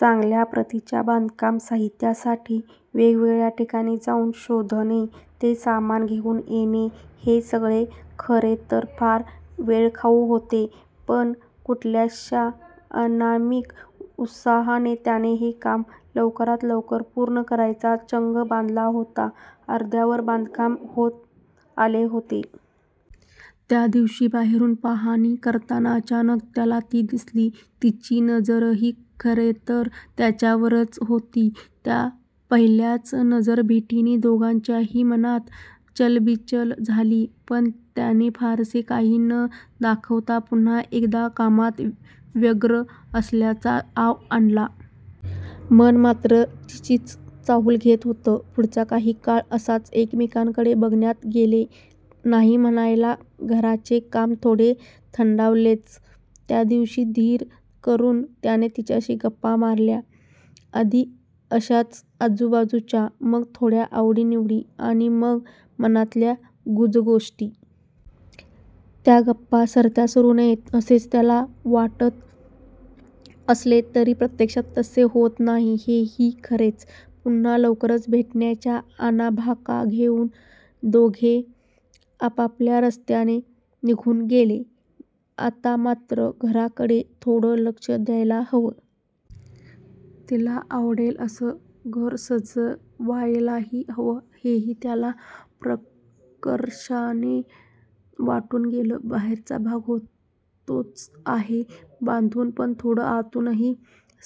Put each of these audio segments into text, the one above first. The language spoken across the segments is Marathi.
चांगल्या प्रतीच्या बांधकाम साहित्यासाठी वेगवेगळ्या ठिकाणी जाऊन शोधणे. ते सामान घेऊन येणे हे सगळे खरेतर फार वेळखाऊ होते. पण कुठल्याशा अनामिक उत्साहाने त्याने हे काम लवकरात लवकर पूर्ण करायचा चंग बांधला होता. अर्ध्यावर बांधकाम होत आले होते. त्यादिवशी बाहेरून पाहाणी करताना अचानक त्याला ती दिसली. तिची नजरही खरेतर त्याच्यावरच होती. त्या पहिल्याच नजर भेटीने दोघांच्याही मनात चलबिचल झाली. पण त्याने फारसे काही न दाखवता पुन्हा एकदा कामात व्यग्र असल्याचा आव आणला. मन मात्र तिचीच चाहूल घेत होतं. पुढचा काही काळ असाच एकमेकांकडे बघण्यात गेले. नाही म्हणायला घराचे काम थोडे थंडावलेच. त्यादिवशी धीर करून त्याने तिच्याशी गप्पा मारल्या. आधी अशाच आजूबाजूच्या, मग थोड्या आवडी निवडी आणि मग मनातल्या गुजगोष्टी. त्या गप्पा सरत्या सरू नयेत असेच त्याला वाटत असले तरी प्रत्यक्षात तसे होत नाही हे ही खरेच. पुन्हा लवकरच भेटण्याच्या आणाभाका घेऊन दोघे आपापल्या रस्त्याने निघून गेले. आता मात्र घराकडे थोडं लक्ष द्यायला हवं. तीला आवडेल असं घर सजवायलाही हवं हे त्याला प्रकर्षाने वाटून गेलं. 'बाहेरचा भाग होतोच आहे बांधून, पण थोडं आतूनही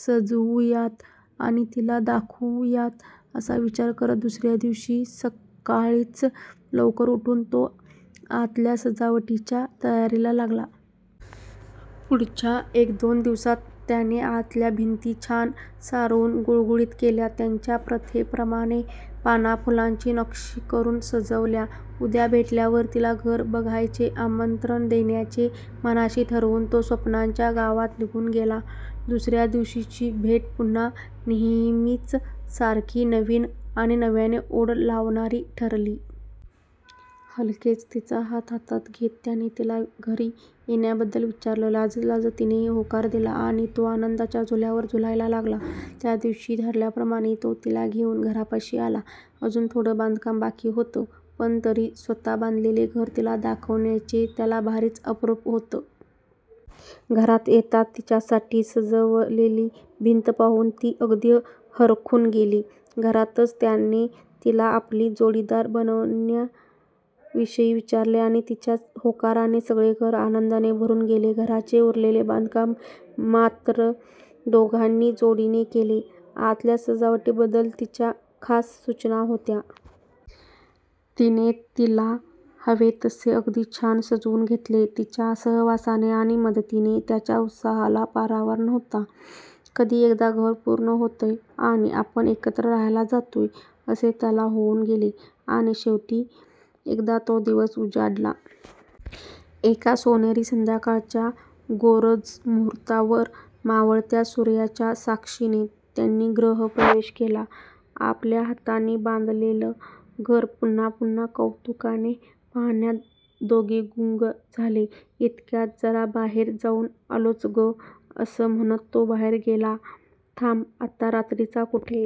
सजवूयात आणि तीला दाखवूयात' असा विचार करत दुसऱ्यादिवशी सक्काळीच लवकर उठून तो आतल्या सजावटीच्या तयारीला लागला. पुढच्या एकदोन दिवसात त्याने आतल्या भिंती छान सारवून गुळगुळीत केल्या. त्यांच्या प्रथेप्रमाणे पानाफुलांची नक्षी करून सजवल्या. उद्या भेटल्यावर तीला घर बघायचे आमंत्रण देण्याचे मनाशी ठरवून तो स्वप्नांच्या गावात निघून गेला. दुसऱ्या दिवशीची भेट पुन्हा नेहेमीच सारखी नवीन आणि नव्याने ओढ लावणारी ठरली. हलकेच तीचा हात हातात घेत त्याने तीला घरी येण्याबद्दल विचारलं. लाजत लाजत तिनेही होकार दिला आणि तो आनंदाच्या झुल्यावर झुलायला लागला. त्यादिवशी ठरल्याप्रमाणे तो तीला घेऊन घरापाशी आला. अजून थोडं बांधकाम बाकी होतं पण तरी स्वतः बांधलेले घर तीला दाखवण्याचे त्याला भारीच अप्रूप होतं. घरात येताच तिच्यासाठी सजवलेली भिंत पाहून ती अगदी हरखून गेली. घरातच त्याने तीला आपली जोडीदार बनण्याविषयी विचारले आणि तीच्या होकाराने सगळे घर आनंदाने भरून गेले. घराचे उरलेले बांधकाम मात्र दोघांनी जोडीने केले. आतल्या सजावटी बद्दल तिच्या खास सुचना होत्या. तीने तीला हवे तसे अगदी छान सजवून घेतले. तीच्या सहवासाने आणि मदतीने त्याच्या उत्साहाला पारावार नव्हता. कधी एकदा घर पूर्ण होतंय आणि आपण एकत्र राहायला जातोय असे त्याला होऊन गेले. आणि शेवटी एकदा तो दिवस उजाडला. एका सोनेरी संध्याकाळच्या गोरज मुहुर्तावर मावळत्या सूर्याच्या साक्षीने त्यांनी गृहप्रवेश केला. आपल्या हातांनी बांधलेलं घर पुन्हा पुन्हा कौतुकाने पहाण्यात दोघे गुंग झाले. इतक्यात 'जरा बाहेर जाऊन आलोच गं' असं म्हणत तो बाहेर गेला. 'थांब आता रात्रीचा कुठे?